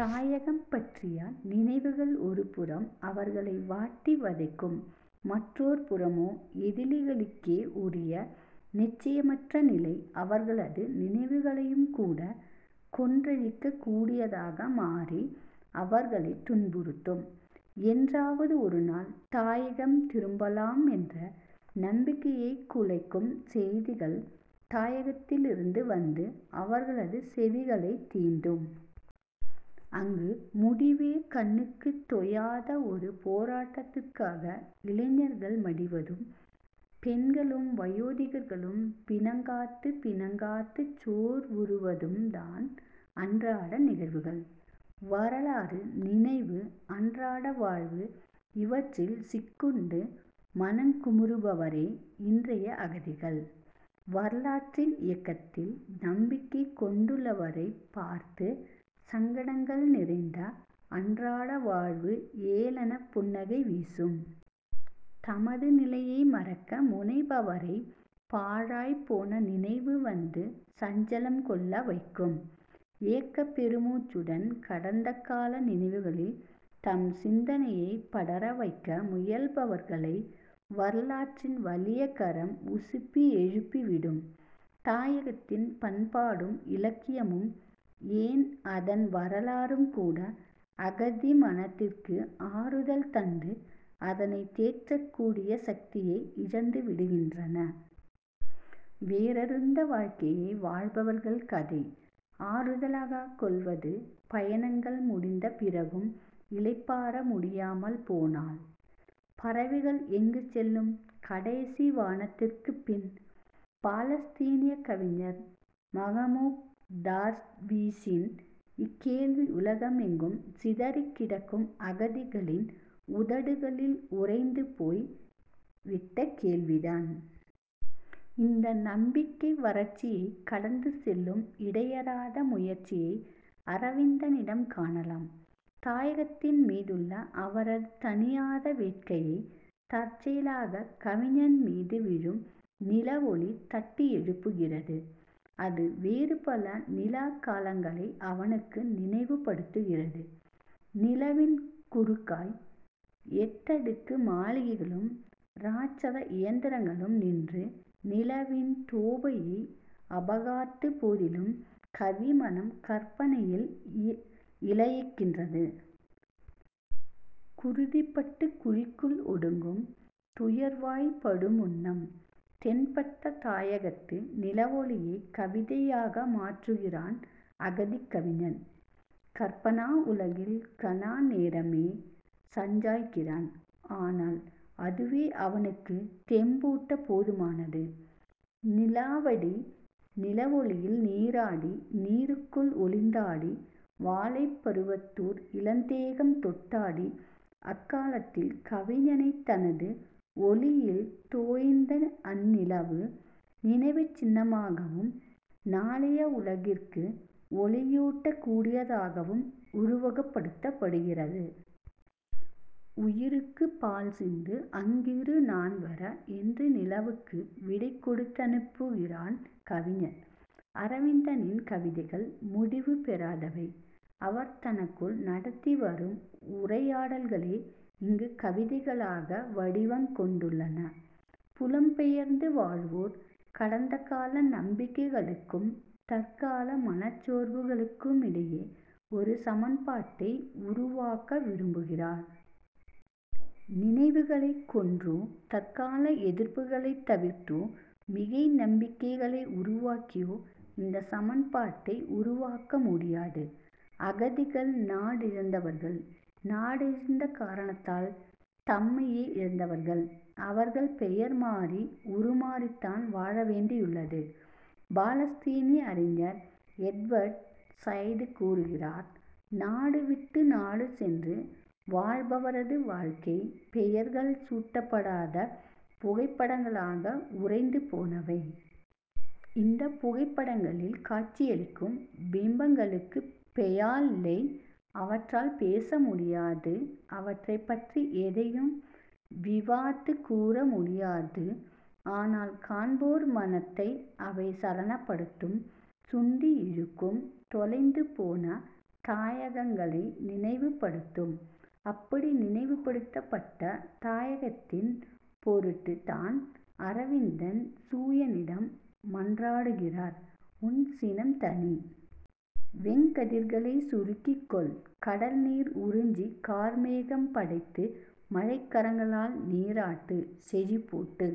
தாயகம் பற்றிய நினைவுகள் ஒருபுறம் அவர்களை வாட்டி வதைக்கும். மற்றோர் புறமோ எதிலிகளுக்கே உரிய நிச்சயமற்ற நிலை அவர்களது நினைவுகளையும் கூட கொன்றழிக்கக் கூடியதாக மாறி அவர்களைத் துன்புறுத்தும். என்றாவது ஒருநாள் தாயகம் திரும்பலாம் என்ற நம்பிக்கையைக் குலைக்கும் செய்திகள் தாயகத்திலிருந்து வந்து, அவர்களது செவிகளைத் தீண்டும். அங்கு முடிவே கண்ணுக்குத் தொயாத ஒரு போராட்டத்திற்காக இளைஞர்கள் மடிவதும் பெண்களும் வயோதிகர்களும் பிணங்காத்துப் பிணங்காத்துச் சோர்வுறுவதும்தான் அன்றாட நிகழ்வுகள். வரலாறு, நினைவு, அன்றாட வாழ்வு இவற்றில் சிக்குண்டு மனங்குமுறுபவரே இன்றைய அகதிகள். வரலாற்றின் இயக்கத்தில் நம்பிக்கை கொண்டுள்ளவரைப் பார்த்து சங்கடங்கள் நிறைந்த அன்றாட வாழ்வு ஏளனப் புன்னகை வீசும். தமது நிலையை மறக்க முனைபவரைப் பாழாய்ப் போன நினைவு வந்து சஞ்சலம் கொள்ள வைக்கும். ஏக்கப் பெருமூச்சுடன் கடந்தகால நினைவுகளில் தம் சிந்தனையைப் படர வைக்க முயல்பவர்களை வரலாற்றின் வலிய கரம் உசுப்பி எழுப்பி விடும். தாயகத்தின் பண்பாடும் இலக்கியமும், ஏன் அதன் வரலாறும் கூட, அகதி மனத்திற்கு ஆறுதல் தந்து அதனைத் தேற்றக்கூடிய சக்தியை இழந்து விடுகின்றன. வேரறுந்த வாழ்க்கையை வாழ்பவர்கள் எதை ஆறுதலாகக் கொள்வது? பயணங்கள் முடிந்த பிறகும் இளைப்பாற முடியாமல் போனால்? "பறவைகள் எங்கு செல்லும், கடைசி வானத்திற்குப் பின்? " பாலஸ்தீனியக் கவிஞர் மஹ்மூக் தார்வீஷின் இக்கேள்வி உலகமெங்கும் சிதறிக் கிடக்கும் அகதிகளின் உதடுகளில் உறைந்து போய் விட்ட கேள்விதான். இந்த நம்பிக்கை வறட்சியைக் கடந்து செல்லும் இடையறாத முயற்சியை அரவிந்தனிடம் காணலாம். தாயகத்தின் மீதுள்ள அவரது தணியாத வேட்கையை, தற்செயலாகக் கவிஞன் மீது விழும் நிலவொளி தட்டியெழுப்புகிறது. அது வேறுபல நிலாக் காலங்களை அவனுக்கு நினைவுபடுத்துகிறது. "நிலவின் குறுக்காய்" எட்டடுக்கு மாளிகைகளும் இராட்சத இயந்திரங்களும் நின்று நிலவின் தோபையை அபகாத்த போதிலும் கவி மனம் கற்பனையில் இலயிக்கின்றது. 'குருதிபட்டு குழிக்குள் ஒடுங்கும் துயர்வாய்ப் படுமுன்னம்' தென்பட்ட தாயகத்து நிலவொளியைக் கவிதையாக மாற்றுகிறான் அகதிக் கவிஞன். கற்பனா உலகில் கண நேரமே சஞ்சாக்கிறான். ஆனால் அதுவே அவனுக்குத் தெம்பூட்டப் போதுமானது: நிலவாடி நிலவொளியில் நீராடி நீருக்குள் ஒளிந்தாடி வாலைப் பருவத்தார் இளந்தேகம் தொட்டாடி அக்காலத்தில் கவிஞனை தனது ஒளியில் 'தோய்ந்த' அந்நிலவு, நினைவுச் சின்னமாகவும் நாளைய உலகிற்கு ஒளியூட்டக் கூடியதாகவும் உருவகப்படுத்தப்படுகிறது. உயிருக்கு பால் சிந்து அங்கிரு நான் வர..... என்று நிலவுக்கு விடை கொடுத்தனுப்புகிறான் கவிஞன். அரவிந்தனின் கவிதைகள் முடிவு பெறாதவை. அவர் தனக்குள் நடத்தி வரும் உரையாடல்களே இங்கு கவிதைகளாக வடிவங் கொண்டுள்ளன. புலம் பெயர்ந்து வாழ்வோர் கடந்தகால நம்பிக்கைகளுக்கும் தற்கால மனச்சோர்வுக்குமிடையே ஒரு சமன்பாட்டை உருவாக்க விரும்புவர். நினைவுகளைக் கொன்றோ, தற்கால எதிர்பார்ப்புகளைத் தவிர்த்தோ, மிகை நம்பிக்கைகளை உருவாக்கியோ இந்தச் சமன்பாட்டை உருவாக்க முடியாது. அகதிகள் நாடிழந்தவர்கள்; நாடிழந்த காரணத்தால் தம்மையே இழந்தவர்கள். அவர்கள் பெயர் மாறி, உருமாறித்தான் வாழ வேண்டியுள்ளது. பாலஸ்தீனிய அறிஞர் எட்வர்ட் சய்து கூறுகிறார்: நாடு விட்டு நாடு சென்று வாழ்பவரது வாழ்க்கை, பெயர்கள் சூட்டப்படாத புகைப்படங்களாக உறைந்து போனவை. இந்தப் புகைப்படங்களில் காட்சியளிக்கும் பிம்பங்களுக்குப் பெயால்லை. அவற்றால் பேச முடியாது. அவற்றைப் பற்றி எதையும் விவாத்துக் கூற முடியாது. ஆனால் காண்போர் மனத்தை அவை சலனப்படுத்தும் சுண்டியிழுக்கும். தொலைந்துபோன தாயகங்களை நினைவுபடுத்தும். அப்படி நினைவுபடுத்தப்பட்ட தாயகத்தின் பொருட்டுத் தான் அரவிந்தன் சூயனிடம் மன்றாடுகிறார், உன் சினம் தணி! வெங்கதிர்களை சுருக்கிக் கொள்! கடல் நீர் உறிஞ்சி கார்மேகம் படைத்து மழைக்கரங்களால் நீராட்டு, செழிப்பூட்டு,